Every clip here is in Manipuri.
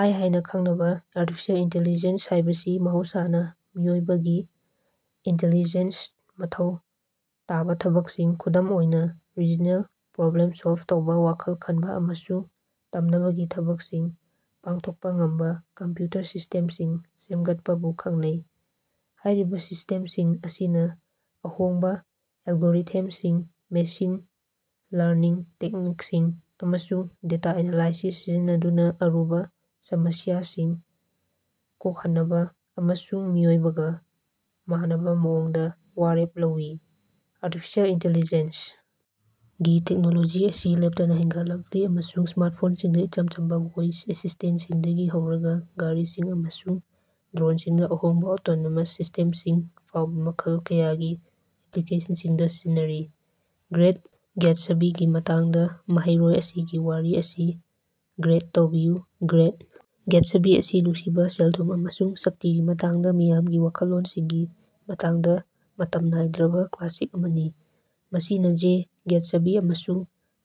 ꯑꯥꯏ. ꯍꯥꯏꯅ ꯈꯪꯅꯕ ꯑꯥꯔꯇꯤꯐꯤꯁꯤꯑꯦꯜ ꯏꯟꯇꯤꯂꯤꯖꯦꯟꯁ ꯍꯥꯏꯕꯁꯤ ꯃꯍꯧꯁꯥꯅ ꯃꯤꯑꯣꯏꯕꯒꯤ ꯏꯟꯇꯤꯂꯤꯖꯦꯟꯁ ꯃꯊꯧ ꯇꯥꯕ ꯊꯕꯛꯁꯤꯡ, ꯈꯨꯗꯝ ꯑꯣꯏꯅ ꯔꯤꯖꯅꯦꯜ, ꯄ꯭ꯔꯣꯕ꯭ꯂꯦꯝ ꯁꯣꯜꯕ ꯇꯧꯕ, ꯋꯥꯈꯜ ꯈꯟꯕ ꯑꯃꯁꯨꯡ ꯇꯝꯅꯕꯒꯤ ꯊꯕꯛꯁꯤꯡ ꯄꯥꯡꯊꯣꯛꯄ ꯉꯝꯕ ꯀꯝꯄ꯭ꯌꯨꯇꯔ ꯁꯤꯁ꯭ꯇꯦꯝꯁꯤꯡ ꯁꯦꯝꯒꯠꯄꯕꯨ ꯈꯪꯅꯩ꯫ ꯍꯥꯏꯔꯤꯕ ꯁꯤꯁ꯭ꯇꯦꯝꯁꯤꯡ ꯑꯁꯤꯅ ꯑꯍꯣꯡꯕ ꯑꯦꯂꯒꯣꯔꯤꯊꯝꯁꯤꯡ, ꯃꯦꯁꯤꯟ ꯂꯔꯅꯤꯡ ꯇꯦꯛꯅꯤꯛꯁꯤꯡ, ꯑꯃꯁꯨꯡ ꯗꯦꯇꯥ ꯑꯦꯅꯥꯂꯥꯏꯁꯤꯁ ꯁꯤꯖꯤꯟꯅꯗꯨꯅ ꯑꯔꯨꯕ ꯁꯃꯁ꯭ꯌꯥꯁꯤꯡ ꯀꯣꯛꯍꯟꯅꯕ ꯑꯃꯁꯨꯡ ꯃꯤꯑꯣꯏꯕꯒ ꯃꯥꯟꯅꯕ ꯃꯑꯣꯡꯗ ꯋꯥꯔꯦꯞ ꯂꯧꯏ꯫ Artificial intelligence. ꯒꯤ ꯇꯦꯛꯅꯣꯂꯣꯖꯤ ꯑꯁꯤ ꯂꯦꯞꯇꯅ ꯍꯦꯟꯒꯠꯂꯛꯂꯤ ꯑꯃꯁꯨꯡ ꯁ꯭ꯃꯥꯔꯇꯐꯣꯟꯁꯤꯡꯗ ꯏꯆꯝ ꯆꯝꯕ ꯚꯣꯏꯁ ꯑꯦꯁꯤꯁ꯭ꯇꯦꯟꯇꯁꯤꯡꯗꯒꯤ ꯍꯧꯔꯒ ꯒꯥꯔꯤꯁꯤꯡ ꯑꯃꯁꯨꯡ ꯗ꯭ꯔꯣꯟꯁꯤꯡꯗ ꯑꯍꯣꯡꯕ ꯑꯣꯇꯣꯅꯣꯃꯁ ꯁꯤꯁ꯭ꯇꯦꯝꯁꯤꯡ ꯐꯥꯎꯕ ꯃꯈꯜ ꯀꯌꯥꯒꯤ ꯑꯦꯄ꯭ꯂꯤꯀꯦꯁꯟꯁꯤꯡꯗ ꯁꯤꯖꯤꯟꯅꯔꯤ꯫ ꯒ꯭ꯔꯦꯠ ꯒ꯭ꯌꯥꯇꯁꯕꯤꯒꯤ ꯃꯇꯥꯡꯗ ꯃꯍꯩꯔꯣꯏ ꯑꯁꯤꯒꯤ ꯋꯥꯔꯤ ꯑꯁꯤ ꯒ꯭ꯔꯦꯗ ꯇꯧꯕꯤꯌꯨ꯫ ꯒ꯭ꯔꯦꯠ ꯒ꯭ꯌꯥꯇꯁꯕꯤ ꯑꯁꯤ ꯅꯨꯡꯁꯤꯕ, ꯁꯦꯜ-ꯊꯨꯝ ꯑꯃꯁꯨꯡ ꯁꯛꯇꯤꯒꯤ ꯃꯇꯥꯡꯗ ꯃꯤꯌꯥꯝꯒꯤ ꯋꯥꯈꯜꯂꯣꯟꯁꯤꯡꯒꯤ ꯃꯇꯥꯡꯗ ꯃꯇꯝ ꯅꯥꯏꯗ꯭ꯔꯕ ꯀ꯭ꯂꯥꯁꯤꯛ ꯑꯃꯅꯤ꯫ ꯃꯁꯤꯅ ꯖꯦ ꯒ꯭ꯌꯥꯇꯁꯕꯤ ꯑꯃꯁꯨꯡ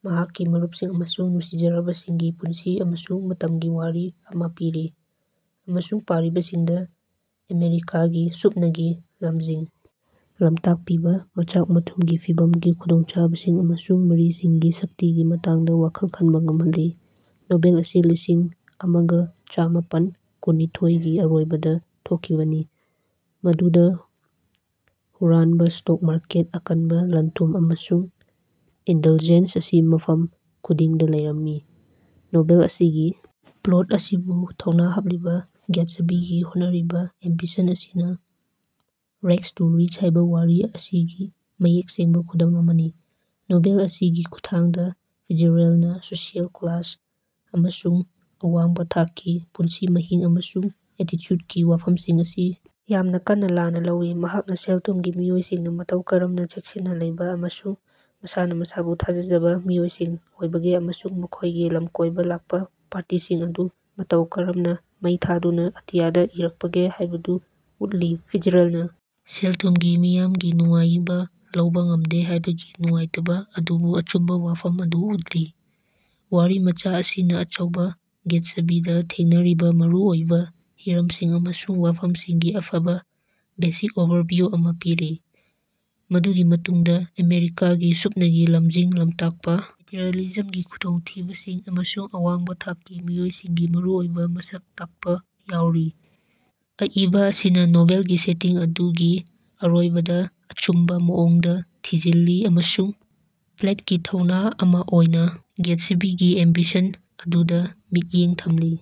ꯃꯍꯥꯛꯀꯤ ꯃꯔꯨꯄꯁꯤꯡ ꯑꯃꯁꯨꯡ ꯅꯨꯡꯁꯤꯖꯔꯕꯁꯤꯡꯒꯤ ꯄꯨꯟꯁꯤ ꯑꯃꯁꯨꯡ ꯃꯇꯝꯒꯤ ꯋꯥꯔꯤ ꯑꯃ ꯄꯤꯔꯤ꯫ ꯑꯃꯁꯨꯡ ꯄꯥꯔꯤꯕꯁꯤꯡꯗ ꯑꯃꯦꯔꯤꯀꯥꯒꯤ ꯁꯨꯞꯅꯒꯤ ꯂꯝꯖꯤꯡ ꯂꯝꯇꯥꯛꯄꯤꯕ ꯃꯆꯥꯛ-ꯃꯊꯨꯝꯒꯤ ꯐꯤꯚꯝꯒꯤ ꯈꯨꯗꯣꯡꯆꯥꯗꯕꯁꯤꯡ ꯑꯃꯁꯨꯡ ꯃꯔꯤꯁꯤꯡꯒꯤ ꯁꯛꯇꯤꯒꯤ ꯃꯇꯥꯡꯗ ꯋꯥꯈꯜ ꯈꯟꯕ ꯉꯝꯍꯜꯂꯤ꯫ ꯅꯣꯚꯦꯜ ꯑꯁꯤ ꯂꯤꯁꯤꯡ ꯑꯃꯒ ꯆꯥꯝꯃꯥꯄꯟ ꯀꯨꯟꯅꯤꯊꯣꯏꯒꯤ ꯑꯔꯣꯏꯕꯗ ꯊꯣꯛꯈꯤꯕꯅꯤ꯫ ꯃꯗꯨꯗ ꯍꯨꯔꯥꯟꯕ ꯁ꯭ꯇꯣꯛ ꯃꯥꯔꯀꯦꯠ ꯑꯀꯟꯕ ꯂꯟ-ꯊꯨꯝ, ꯑꯃꯁꯨꯡ ꯏꯟꯗꯜꯖꯦꯟꯁ ꯑꯁꯤ ꯃꯐꯝ ꯈꯨꯗꯤꯡꯗ ꯂꯩꯔꯝꯃꯤ꯫ ꯅꯣꯚꯦꯜ ꯑꯁꯤꯒꯤ ꯄ꯭ꯂꯣꯠ ꯑꯁꯤꯕꯨ ꯊꯧꯅꯥ ꯍꯥꯞꯂꯤꯕ ꯒ꯭ꯌꯥꯇꯁꯕꯤꯒꯤ ꯍꯣꯠꯅꯔꯤꯕ ꯑꯦꯝꯕꯤꯁꯟ ꯑꯁꯤꯅꯥ "ꯔꯦꯒꯁ ꯇꯨ ꯔꯤꯆꯁ" ꯍꯥꯏꯕ ꯋꯥꯔꯤ ꯑꯁꯤꯒꯤ ꯃꯌꯦꯛ ꯁꯦꯡꯕ ꯈꯨꯗꯝ ꯑꯃꯅꯤ꯫ ꯅꯣꯚꯦꯜ ꯑꯁꯤꯒꯤ ꯈꯨꯠꯊꯥꯡꯗ ꯐꯤꯠꯖꯦꯔꯦꯜꯅ ꯁꯣꯁꯤꯑꯦꯜ ꯀ꯭ꯂꯥꯁ ꯑꯃꯁꯨꯡ ꯑꯋꯥꯡꯕ ꯊꯥꯛꯀꯤ ꯄꯨꯟꯁꯤ ꯃꯍꯤꯡ ꯑꯃꯁꯨꯡ ꯑꯦꯇꯤꯆꯨꯗꯀꯤ ꯋꯥꯐꯝꯁꯤꯡ ꯑꯁꯤ ꯌꯥꯝꯅ ꯀꯟꯅ ꯂꯥꯟꯅ ꯂꯧꯏ꯫ ꯃꯍꯥꯛꯅ ꯁꯦꯜ ꯊꯨꯝꯒꯤ ꯃꯤꯑꯣꯏꯁꯤꯡꯅ ꯃꯇꯧ ꯀꯔꯝꯅ ꯆꯦꯛꯁꯤꯟꯅ ꯂꯩꯕ ꯑꯃꯁꯨꯡ ꯃꯁꯥꯅ ꯃꯁꯥꯕꯨ ꯊꯥꯖꯖꯕ ꯃꯤꯑꯣꯏꯁꯤꯡ ꯑꯣꯏꯕꯒꯦ ꯑꯃꯁꯨꯡ ꯃꯈꯣꯏꯒꯤ ꯂꯝꯀꯣꯏꯕ ꯂꯥꯛꯄ ꯄꯥꯔꯇꯤꯁꯤꯡ ꯑꯗꯨ ꯃꯇꯧ ꯀꯔꯝꯅ ꯃꯩ ꯊꯥꯗꯨꯅ ꯑꯇꯤꯌꯥꯗ ꯏꯔꯛꯄꯒꯦ ꯍꯥꯏꯕꯗꯨ ꯎꯠꯂꯤ꯫ ꯐꯤꯠꯖꯦꯔꯦꯜꯅ ꯁꯦꯜ-ꯊꯨꯝꯅ ꯃꯤꯌꯥꯃꯒꯤ ꯅꯨꯡꯉꯥꯏꯕ ꯂꯧꯕ ꯉꯝꯗꯦ ꯍꯥꯏꯕꯒꯤ ꯅꯨꯡꯉꯥꯏꯇꯕ ꯑꯗꯨꯕꯨ ꯑꯆꯨꯝꯕ ꯋꯥꯐꯝ ꯑꯗꯨ ꯎꯠꯂꯤ꯫ ꯋꯥꯔꯤꯃꯆꯥ ꯑꯁꯤꯅ ꯑꯆꯧꯕꯥ ꯒꯦꯠꯁꯕꯤꯗ ꯊꯦꯡꯅꯔꯤꯕ ꯃꯔꯨ ꯑꯣꯏꯕ ꯍꯤꯔꯝꯁꯤꯡ ꯑꯃꯁꯨꯡ ꯋꯥꯐꯝꯁꯤꯡꯒꯤ ꯑꯐꯕ ꯕꯦꯁꯤꯛ ꯑꯣꯚꯔꯚꯤꯌꯨ ꯑꯃꯥ ꯄꯤꯔꯤ꯫ ꯃꯗꯨꯒꯤ ꯃꯅꯨꯡꯗ ꯑꯃꯦꯔꯤꯀꯥꯒꯤ ꯁꯨꯞꯅꯒꯤ ꯂꯝꯖꯤꯡ ꯂꯝꯇꯥꯛꯄ, ꯃꯦꯇꯔꯤꯑꯦꯂꯤꯖꯝꯒꯤ ꯈꯨꯗꯣꯡꯊꯤꯕꯁꯤꯡ, ꯑꯃꯁꯨꯡ ꯑꯋꯥꯡꯕ ꯊꯥꯛꯀꯤ ꯃꯤꯑꯣꯏꯁꯤꯡꯒꯤ ꯃꯔꯨꯑꯣꯏꯕ ꯃꯁꯛ ꯇꯥꯛꯄ ꯌꯥꯎꯔꯤ꯫ ꯑꯏꯕ ꯑꯁꯤꯅ ꯅꯣꯚꯦꯜꯒꯤ ꯁꯦꯇꯤꯡ ꯑꯗꯨ ꯒꯤ ꯑꯔꯣꯏꯕꯗ ꯑꯆꯨꯝꯕ ꯃꯑꯣꯡꯗ ꯊꯤꯖꯤꯜꯂꯤ ꯑꯃꯁꯨꯡ ꯄ꯭ꯂꯇꯀꯤ ꯊꯧꯅ ꯑꯃ ꯑꯣꯏꯅ ꯒ꯭ꯌꯥꯇꯁꯕꯤꯒꯤ ꯑꯦꯝꯕꯤꯁꯟ ꯑꯗꯨꯗ ꯃꯤꯠꯌꯦꯡ ꯊꯝꯂꯤ꯫